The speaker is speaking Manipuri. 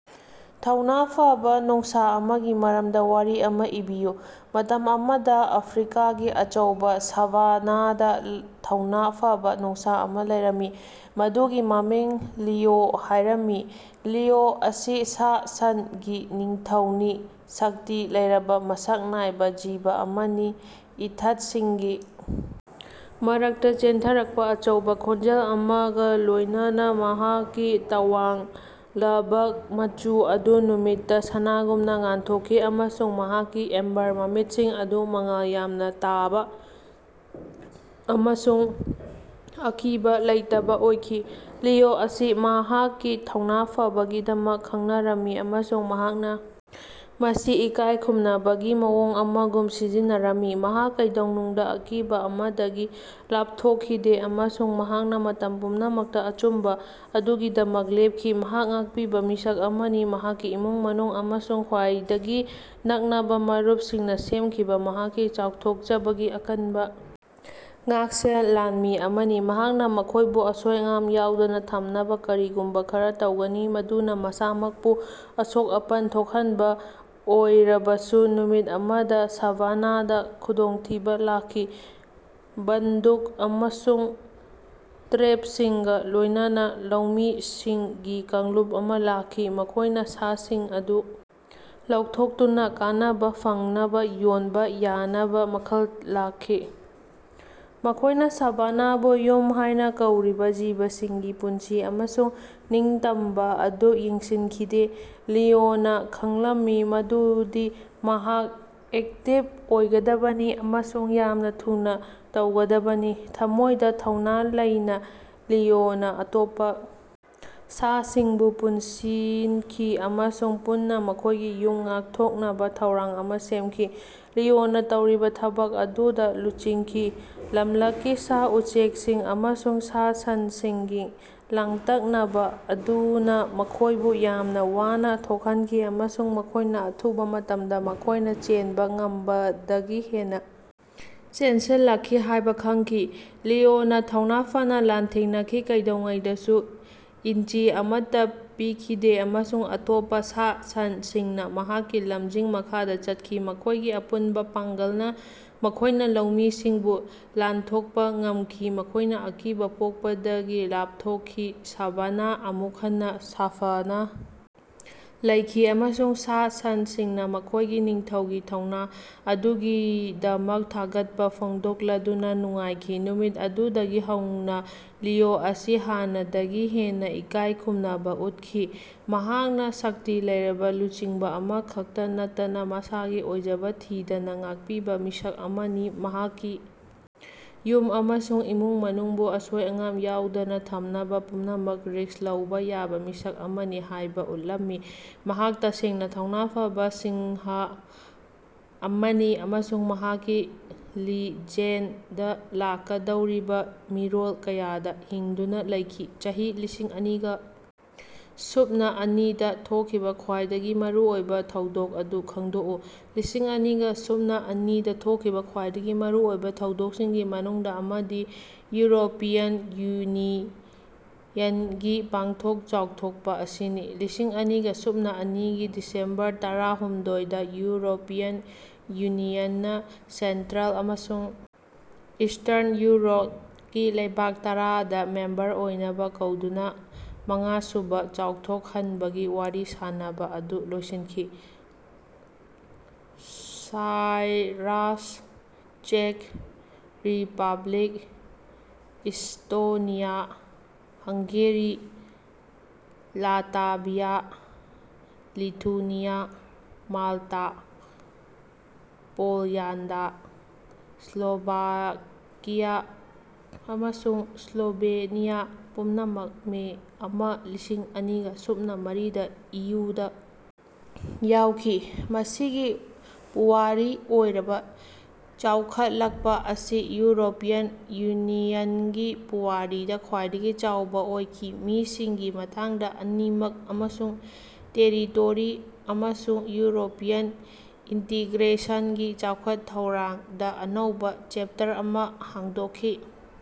ꯊꯧꯅꯥ ꯐꯕꯥ ꯅꯣꯡꯁꯥ ꯑꯃꯒꯤ ꯃꯔꯝꯗ ꯋꯥꯔꯤ ꯑꯃ ꯏꯕꯤꯌꯨ꯫ ꯃꯇꯝ ꯑꯃꯗꯥ ꯑꯐ꯭ꯔꯤꯀꯥꯒꯤ ꯑꯆꯧꯕꯥ ꯁꯥꯚꯥꯅꯥꯗ ꯊꯧꯅꯥ ꯐꯕ ꯅꯣꯡꯁꯥ ꯑꯃ ꯂꯩꯔꯝꯃꯤ꯫ ꯃꯗꯨꯒꯤ ꯃꯃꯤꯡ ꯂꯤꯑꯣ ꯍꯥꯢꯔꯝꯃꯤ꯫ ꯂꯤꯑꯣ ꯑꯁꯤ ꯁꯥ-ꯁꯟꯒꯤ ꯅꯤꯡꯊꯧꯅꯤ ꯁꯛꯇꯤ ꯂꯩꯔꯕꯥ ꯃꯁꯛ ꯅꯥꯏꯕ ꯖꯤꯕ ꯑꯃꯅꯤ ꯏꯊꯠꯁꯤꯡꯒꯤ ꯃꯔꯛꯇꯥ ꯆꯦꯟꯊꯔꯛꯄ ꯑꯆꯧꯕꯥ ꯈꯣꯟꯖꯦꯜ ꯑꯃꯒ ꯂꯣꯢꯅꯅꯥ꯫ ꯃꯍꯥꯛꯀꯤ ꯇꯋꯥꯡꯂꯕ ꯃꯆꯨ ꯑꯗꯨ ꯅꯨꯃꯤꯠꯇ ꯁꯅꯥꯒꯨꯝꯅ ꯉꯥꯟꯊꯣꯛꯈꯤ ꯑꯃꯁꯨꯡ ꯃꯍꯥꯛꯀꯤ ꯑꯦꯝꯕꯔ ꯃꯃꯤꯠꯁꯤꯡ ꯑꯗꯨ ꯃꯉꯥꯜ ꯌꯥꯝꯅꯥ ꯇꯥꯕꯥ ꯑꯃꯁꯨꯡ ꯑꯀꯤꯕꯥ ꯂꯩꯇꯕꯥ ꯑꯣꯏꯈꯤ꯫ ꯂꯤꯑꯣ ꯑꯁꯤ ꯃꯍꯥꯛꯀꯤ ꯊꯧꯅꯥ ꯐꯕꯒꯤꯗꯃꯛ ꯈꯡꯅꯔꯝꯃꯤ ꯑꯃꯁꯨꯡ ꯃꯍꯥꯛꯅ ꯃꯁꯤ ꯏꯀꯥꯢ ꯈꯨꯝꯅꯕꯒꯤ ꯃꯑꯣꯡ ꯑꯃꯒꯨꯝ ꯁꯤꯖꯤꯟꯅꯔꯝꯃꯤ꯫ ꯃꯍꯥꯛ ꯀꯩꯗꯧꯅꯨꯡꯗ ꯑꯀꯤꯕ ꯑꯃꯗꯒꯤ ꯂꯥꯞꯊꯣꯛꯈꯤꯗꯦ ꯑꯃꯁꯨꯡ ꯃꯍꯥꯛꯅ ꯃꯇꯝ ꯄꯨꯝꯅꯃꯛꯇ ꯑꯆꯨꯝꯕ ꯑꯗꯨꯒꯤꯗꯃꯛ ꯂꯦꯞꯈꯤ꯫ ꯃꯍꯥꯛ ꯉꯥꯛꯄꯤꯕ ꯃꯤꯁꯛ ꯑꯃꯅꯤ ꯃꯍꯥꯛꯀꯤ ꯏꯃꯨꯡ ꯃꯅꯨꯡ ꯑꯃꯁꯨꯡ ꯈ꯭ꯋꯥꯏꯗꯒꯤ ꯅꯛꯅꯕ ꯃꯔꯨꯞꯁꯤꯡꯅ ꯁꯦꯝꯈꯤꯕꯥ ꯃꯍꯥꯛꯀꯤ ꯆꯥꯎꯊꯣꯛꯆꯕꯒꯤ ꯑꯀꯟꯕ ꯉꯥꯛꯁꯦꯜ ꯂꯥꯟꯃꯤ ꯑꯃꯅꯤ꯫ ꯃꯍꯥꯛꯅ ꯃꯈꯣꯢꯕꯨ ꯑꯁꯣꯏ ꯑꯉꯥꯝ ꯌꯥꯎꯗꯅ ꯊꯝꯅꯕ ꯀꯔꯤꯒꯨꯝꯕ ꯈꯔ ꯇꯧꯒꯅꯤ ꯃꯗꯨꯅ ꯃꯁꯥꯃꯛꯄꯨ ꯑꯁꯣꯛ-ꯑꯄꯟ ꯊꯣꯛꯍꯟꯕ ꯑꯣꯏꯔꯕꯁꯨ꯫ ꯅꯨꯃꯤꯠ ꯑꯃꯗ ꯁꯥꯚꯥꯅꯥꯗ ꯈꯨꯗꯣꯡꯊꯤꯕ ꯂꯥꯛꯈꯤ꯫ ꯕꯟꯗꯨꯛ ꯑꯃꯁꯨꯡ ꯇ꯭ꯔꯦꯞꯁꯤꯡꯒ ꯂꯣꯢꯅꯅꯥ ꯂꯧꯃꯤꯁꯤꯡꯒꯤ ꯀꯥꯡꯂꯨꯞ ꯑꯃ ꯂꯥꯛꯈꯤ ꯃꯈꯣꯢꯅ ꯁꯥꯁꯤꯡ ꯑꯗꯨ ꯂꯧꯊꯣꯛꯇꯨꯅꯥ ꯀꯥꯟꯅꯕꯥ ꯐꯪꯅꯕꯥ ꯌꯣꯟꯕꯥ ꯌꯥꯅꯕꯥ ꯋꯥꯈꯜ ꯂꯥꯛꯈꯤ꯫ ꯃꯈꯣꯢꯅ ꯁꯥꯚꯥꯅꯥꯕꯨ ꯌꯨꯝ ꯍꯥꯢꯅ ꯀꯧꯔꯤꯕ ꯖꯤꯕꯁꯤꯡꯒꯤ ꯄꯨꯟꯁꯤ ꯑꯃꯁꯨꯡ ꯅꯤꯡꯇꯝꯕ ꯑꯗꯨ ꯌꯦꯡꯁꯤꯟꯈꯤꯗꯦ꯫ ꯂꯤꯑꯣꯅꯥ ꯈꯡꯂꯝꯃꯤ ꯃꯗꯨꯗꯤ ꯃꯍꯥꯛ ꯑꯦꯛꯇꯤꯕ ꯑꯣꯏꯒꯗꯕꯅꯤ ꯑꯃꯁꯨꯡ ꯌꯥꯝꯅ ꯊꯨꯅꯥ ꯇꯧꯒꯗꯕꯅꯤ꯫ ꯊꯃꯣꯢꯗ ꯊꯧꯅ ꯂꯩꯅ ꯂꯤꯑꯣꯅ ꯑꯇꯣꯞꯄ ꯁꯥꯁꯤꯡꯕꯨ ꯄꯨꯟꯁꯤꯟꯈꯤ ꯑꯃꯁꯨꯡ ꯄꯨꯟꯅ ꯃꯈꯣꯢꯒꯤ ꯌꯨꯝ ꯉꯥꯛꯊꯣꯛꯅꯕ ꯊꯧꯔꯥꯡ ꯑꯃ ꯁꯦꯝꯈꯤ꯫ ꯂꯤꯑꯣꯅ ꯇꯧꯔꯤꯕ ꯊꯕꯛ ꯑꯗꯨꯗ ꯂꯨꯆꯤꯡꯈꯤ꯫ ꯂꯝꯂꯛꯀꯤ ꯁꯥ-ꯎꯆꯦꯛꯁꯤꯡ ꯑꯃꯁꯨꯡ ꯁꯥ-ꯁꯟꯁꯤꯡꯒꯤ ꯂꯥꯡꯇꯛꯅꯕ ꯑꯗꯨꯅ ꯃꯈꯣꯢꯕꯨ ꯌꯥꯝꯅ ꯋꯥꯅ ꯊꯣꯛꯍꯟꯈꯤ ꯑꯃꯁꯨꯡ ꯃꯈꯣꯢꯅ ꯑꯊꯨꯕ ꯃꯇꯝꯗꯥ ꯃꯈꯣꯢꯅꯥ ꯆꯦꯟꯕ ꯉꯝꯕꯗꯒꯤ ꯍꯦꯟꯅꯥ ꯆꯦꯠꯁꯤꯜꯂꯛꯈꯤ ꯍꯥꯢꯕ ꯈꯡꯈꯤ꯫ ꯂꯤꯑꯣꯅ ꯊꯧꯅꯥ ꯐꯅ ꯂꯥꯟꯊꯦꯡꯅꯈꯤ ꯀꯩꯗꯧꯉꯩꯗꯁꯨ ꯏꯟꯆꯤ ꯑꯃꯠꯇꯥ ꯄꯤꯈꯤꯗꯦ ꯑꯃꯁꯨꯡ ꯑꯇꯣꯞꯄ ꯁꯥ-ꯁꯟꯁꯤꯡꯅ ꯃꯍꯥꯛꯀꯤ ꯂꯝꯖꯤꯡ ꯃꯈꯥꯗ ꯆꯠꯈꯤ꯫ ꯃꯈꯣꯢꯒꯤ ꯑꯄꯨꯟꯕ ꯄꯥꯡꯒꯜꯅ ꯃꯈꯣꯢꯅ ꯂꯧꯃꯤꯁꯤꯡꯕꯨ ꯂꯥꯟꯊꯣꯛꯄ ꯉꯝꯈꯤ ꯃꯈꯣꯢꯅ ꯑꯀꯤꯕ ꯄꯣꯛꯄꯗꯒꯤ ꯂꯥꯞꯊꯣꯛꯈꯤ꯫ ꯁꯥꯚꯥꯅꯥ ꯑꯃꯨꯛ ꯍꯟꯅ ꯁꯥꯐꯅꯥ ꯂꯩꯈꯤ ꯑꯃꯁꯨꯡ ꯁꯥ-ꯁꯟꯁꯤꯡꯅ ꯃꯈꯣꯢꯒꯤ ꯅꯤꯡꯊꯧꯒꯤ ꯊꯧꯅꯥ ꯑꯗꯨꯒꯤꯗꯃꯛ ꯊꯥꯒꯠꯄ ꯐꯣꯡꯗꯣꯛꯂꯗꯨꯅ ꯅꯨꯡꯉꯥꯏꯈꯤ꯫ ꯅꯨꯃꯤꯠ ꯑꯗꯨꯗꯒꯤ ꯍꯧꯅꯥ ꯂꯤꯑꯣ ꯑꯁꯤ ꯍꯥꯟꯅꯗꯒꯤ ꯍꯦꯟꯅꯥ ꯏꯀꯥꯢꯈꯨꯝꯅꯕ ꯎꯠꯈꯤ꯫ ꯃꯍꯥꯛꯅ ꯁꯛꯇꯤ ꯂꯩꯔꯕ ꯂꯨꯆꯤꯡꯕ ꯑꯃ ꯈꯛꯇ ꯅꯠꯇꯅ ꯃꯁꯥꯒꯤ ꯑꯣꯏꯖꯕ ꯊꯤꯗꯅ ꯉꯥꯛꯄꯤꯕ ꯃꯤꯁꯛ ꯑꯃꯅꯤ꯫ ꯃꯍꯥꯛꯀꯤ ꯌꯨꯝ ꯑꯃꯁꯨꯡ ꯏꯃꯨꯡ ꯃꯅꯨꯡꯕꯨ ꯑꯁꯣꯏ ꯑꯉꯥꯝ ꯌꯥꯎꯗꯅ ꯊꯝꯅꯕ ꯄꯨꯝꯅꯃꯛ ꯔꯤꯁ꯭ꯛ ꯂꯧꯕ ꯌꯥꯕ ꯃꯤꯁꯛ ꯑꯃꯅꯤ ꯍꯥꯢꯕ ꯎꯠꯂꯝꯃꯤ꯫ ꯃꯍꯥꯛ ꯇꯁꯦꯡꯅ ꯊꯧꯅꯥ ꯐꯕ ꯁꯤꯡꯍ ꯑꯃꯅꯤ ꯑꯃꯁꯨꯡ ꯃꯍꯥꯛꯀꯤ ꯂꯤꯖꯦꯟꯗ ꯂꯥꯛꯀꯗꯧꯔꯤꯕꯥ ꯃꯤꯔꯣꯜ ꯀꯌꯥꯗꯥ ꯍꯤꯡꯗꯨꯅꯥ ꯂꯩꯈꯤ꯫ ꯆꯍꯤ ꯂꯤꯁꯤꯡ ꯑꯅꯤꯒ ꯁꯨꯞꯅ ꯑꯅꯤꯗ ꯊꯣꯛꯈꯤꯕ ꯈ꯭ꯋꯥꯏꯗꯒꯤ ꯃꯔꯨꯑꯣꯏꯕ ꯊꯧꯗꯣꯛ ꯑꯗꯨ ꯈꯡꯗꯣꯛꯎ꯫ ꯂꯤꯁꯤꯡ ꯑꯅꯤꯒ ꯁꯨꯞꯅ ꯑꯅꯤꯗꯥ ꯊꯣꯛꯈꯤꯕ ꯈ꯭ꯋꯥꯏꯗꯒꯤ ꯃꯔꯨꯑꯣꯏꯕ ꯊꯧꯗꯣꯛꯁꯤꯡꯒꯤ ꯃꯅꯨꯡꯗ ꯑꯃꯗꯤ ꯌꯨꯔꯣꯄꯤꯌꯟ ꯌꯨꯅꯤꯌꯟꯒꯤ ꯄꯥꯛꯊꯣꯛ ꯆꯥꯎꯊꯣꯛꯄ ꯑꯁꯤꯅꯤ꯫ ꯂꯤꯁꯤꯡ ꯑꯅꯤꯒ ꯁꯨꯞꯅ ꯑꯅꯤꯒꯤ ꯗꯤꯁꯦꯝꯕꯔ ꯇꯔꯥꯍꯨꯝꯗꯣꯏꯗ ꯌꯨꯔꯣꯄꯤꯌꯟ ꯌꯨꯅꯤꯌꯟꯅ ꯁꯦꯟꯇ꯭ꯔꯦꯜ ꯑꯃꯁꯨꯡ ꯏꯁ꯭ꯇꯔꯟ ꯌꯨꯔꯣꯄꯀꯤ ꯂꯩꯕꯥꯛ ꯇꯔꯥꯗꯥ ꯃꯦꯝꯕꯔ ꯑꯣꯏꯅꯕ ꯀꯧꯗꯨꯅ ꯃꯉꯥꯁꯨꯕꯥ ꯆꯥꯎꯊꯣꯛꯍꯟꯕꯒꯤ ꯋꯥꯔꯤ ꯁꯥꯅꯕꯥ ꯑꯗꯨ ꯂꯣꯏꯁꯤꯟꯈꯤ꯫ ꯁꯥꯏꯞꯔꯥꯁ, ꯆꯦꯛ Republic, Estonia, Hungary, Latvia, Lithuania, Malta, Poland, Slovakia ꯑꯃꯁꯨꯡ ꯁ꯭ꯂꯣꯚꯦꯅꯤꯌꯥ ꯄꯨꯝꯅꯃꯛ ꯃꯦ ꯑꯃꯥ ꯂꯤꯁꯤꯡ ꯑꯅꯤꯒ ꯁꯨꯞꯅ ꯃꯔꯤꯗꯥ ꯏꯌꯨꯗ ꯌꯥꯎꯈꯤ ꯃꯁꯤꯒꯤ ꯄꯨꯋꯥꯔꯤ ꯑꯣꯏꯔꯕ ꯆꯥꯎꯈꯠꯂꯛꯄꯥ ꯑꯁꯤ ꯌꯨꯔꯣꯄꯤꯌꯟ ꯌꯨꯅꯤꯌꯟꯒꯤ ꯄꯨꯋꯥꯔꯤꯗ ꯈ꯭ꯋꯥꯏꯗꯒꯤ ꯆꯥꯎꯕ ꯑꯣꯏꯈꯤ ꯃꯤꯁꯤꯡꯒꯤ ꯃꯇꯥꯡꯗ ꯑꯅꯤꯃꯛ ꯑꯃꯁꯨꯡ ꯇꯦꯔꯤꯇꯣꯔꯤ ꯑꯃꯁꯨꯡ ꯌꯨꯔꯣꯄꯤꯌꯟ ꯏꯟꯇꯤꯒ꯭ꯔꯦꯁꯟꯒꯤ ꯆꯥꯎꯈꯠ-ꯊꯧꯔꯥꯡꯗꯥ ꯑꯅꯧꯕꯥ ꯆꯦꯞꯇꯔ ꯑꯃ ꯍꯥꯡꯗꯣꯛꯈꯤ꯫